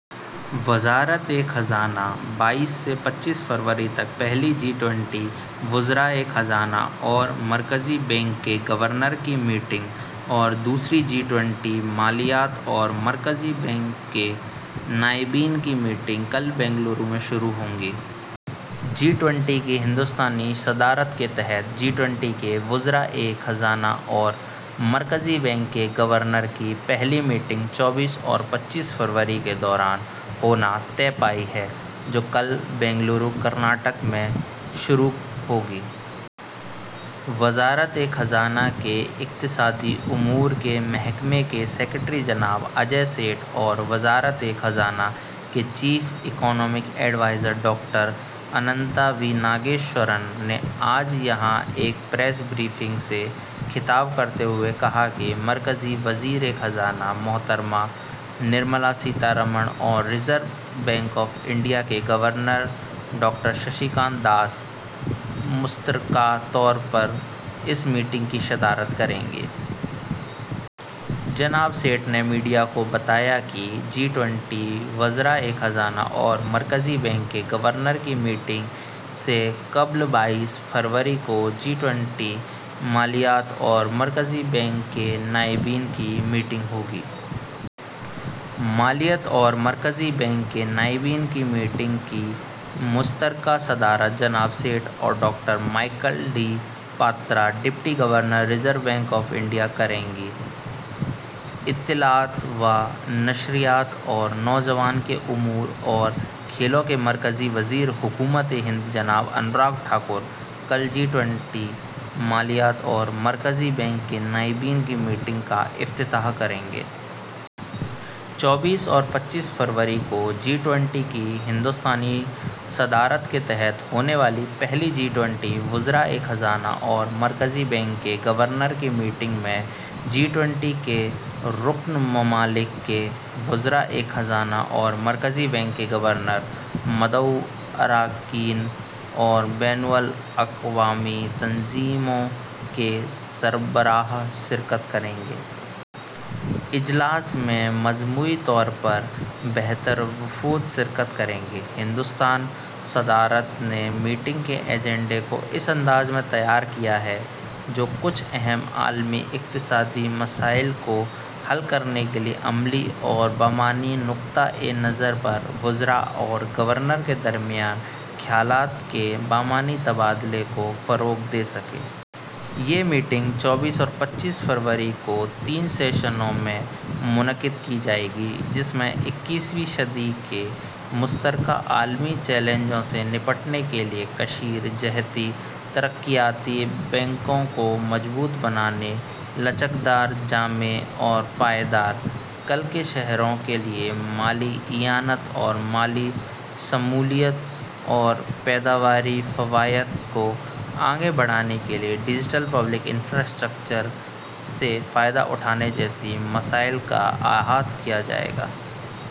وزارت خزانہ بائیس سے پچیس فروری تک پہلی جی ٹوئنٹی وزرائے خزانہ اور مرکزی بینک کے گورنرز کی میٹنگ اور دوسری جی ٹوئنٹی مالیات اور مرکزی بینک کے نائبین کی میٹنگیں کل بنگلورو میں شروع ہوں گی۔ جی ٹوئنٹی کی ہندوستانی صدارت کے تحت جی ٹوئنٹی کے وزرائے خزانہ اور مرکزی بینک کے گورنرز کی پہلی میٹنگ چوبیس اور پچیس فروری کے دوران ہونا طے پائی ہے، جو کل بنگلورو، کرناٹک میں شروع ہوگی۔ وزارت خزانہ کے اقتصادی امور کے محکمہ کے سکریٹری جناب اجے سیٹھ اور وزارت خزانہ کے chief economic adviser doctor Anantha V Nageswaran نے آج یہاں ایک پریس بریفنگ سے خطاب کرتے ہوئے کہا کہ مرکزی وزیر خزانہ محترمہ نرملا سیتا رمن اور ریزرو بینک آف انڈیا کے governor doctor Shaktikanta Das مشترکہ طور پر اس میٹنگ کی صدارت کریں گے۔ جناب سیٹھ نے میڈیا کو بتایا کہ جی ٹوئنٹی وزرائے خزانہ اور مرکزی بینک کے گورنرز کی میٹنگ سے قبل بائیس فروری کو جی ٹوئنٹی مالیات اور مرکزی بینک کے نائبین کی میٹنگ ہوگی۔ مالیات اور مرکزی بینک کے نائبین کی میٹنگ کی مشترکہ صدارت جناب سیٹھ اور doctor Michael D Patra, deputy governor, reserve bank of India کریں گے۔ اطلاعات و نشریات اور نوجوانوں کے امور اور کھیلوں کے مرکزی وزیر، حکومت ہند، جناب انوراگ ٹھاکر کل جی ٹوئنٹی مالیات اور مرکزی بینک کے نائبین کی میٹنگ کا افتتاح کریں گے۔ چوبیس اور پچیس فروری کو جی ٹوئنٹی کی ہندوستانی صدارت کے تحت ہونے والی پہلی جی ٹوئنٹی وزرائے خزانہ اور مرکزی بینک کے گورنرز کی میٹنگ میں جی ٹوئنٹی کے رکن ممالک کے وزرائے خزانہ اور مرکزی بینک کے گورنرز، مدعو اراکین اور بین الاقوامی تنظیموں کے سربراہان شرکت کریں گے۔ اجلاس میں مجموعی طور پر بہتر وفود شرکت کریں گے۔ ہندوستانی صدارت نے میٹنگ کے ایجنڈے کو اس انداز میں تیار کیا ہے جو کچھ اہم عالمی اقتصادی مسائل کو حل کرنے کے لیے عملی اور بامعنی نقطہ نظر پر وزراء اور گورنروں کے درمیان خیالات کے بامعنی تبادلے کو فروغ دے سکے۔ یہ میٹنگ چوبیس اور پچیس فروری کو تین سیشنوں میں منعقد کی جائے گی، جس میں اکیسویں صدی کے مشترکہ عالمی چیلنجوں سے نمٹنے کے لیے کثیر جہتی ترقیاتی بینکوں کو مضبوط بنانے، لچکدار، جامع اور پائیدار ''کل کے شہروں'' کے لیے مالی اعانت اور مالی شمولیت اور پیداواری فوائد کو آگے بڑھانے کے لیے ڈیجیٹل پبلک انفراسٹرکچر سے فائدہ اٹھانے جیسے مسائل کا احاطہ کیا جائے گا۔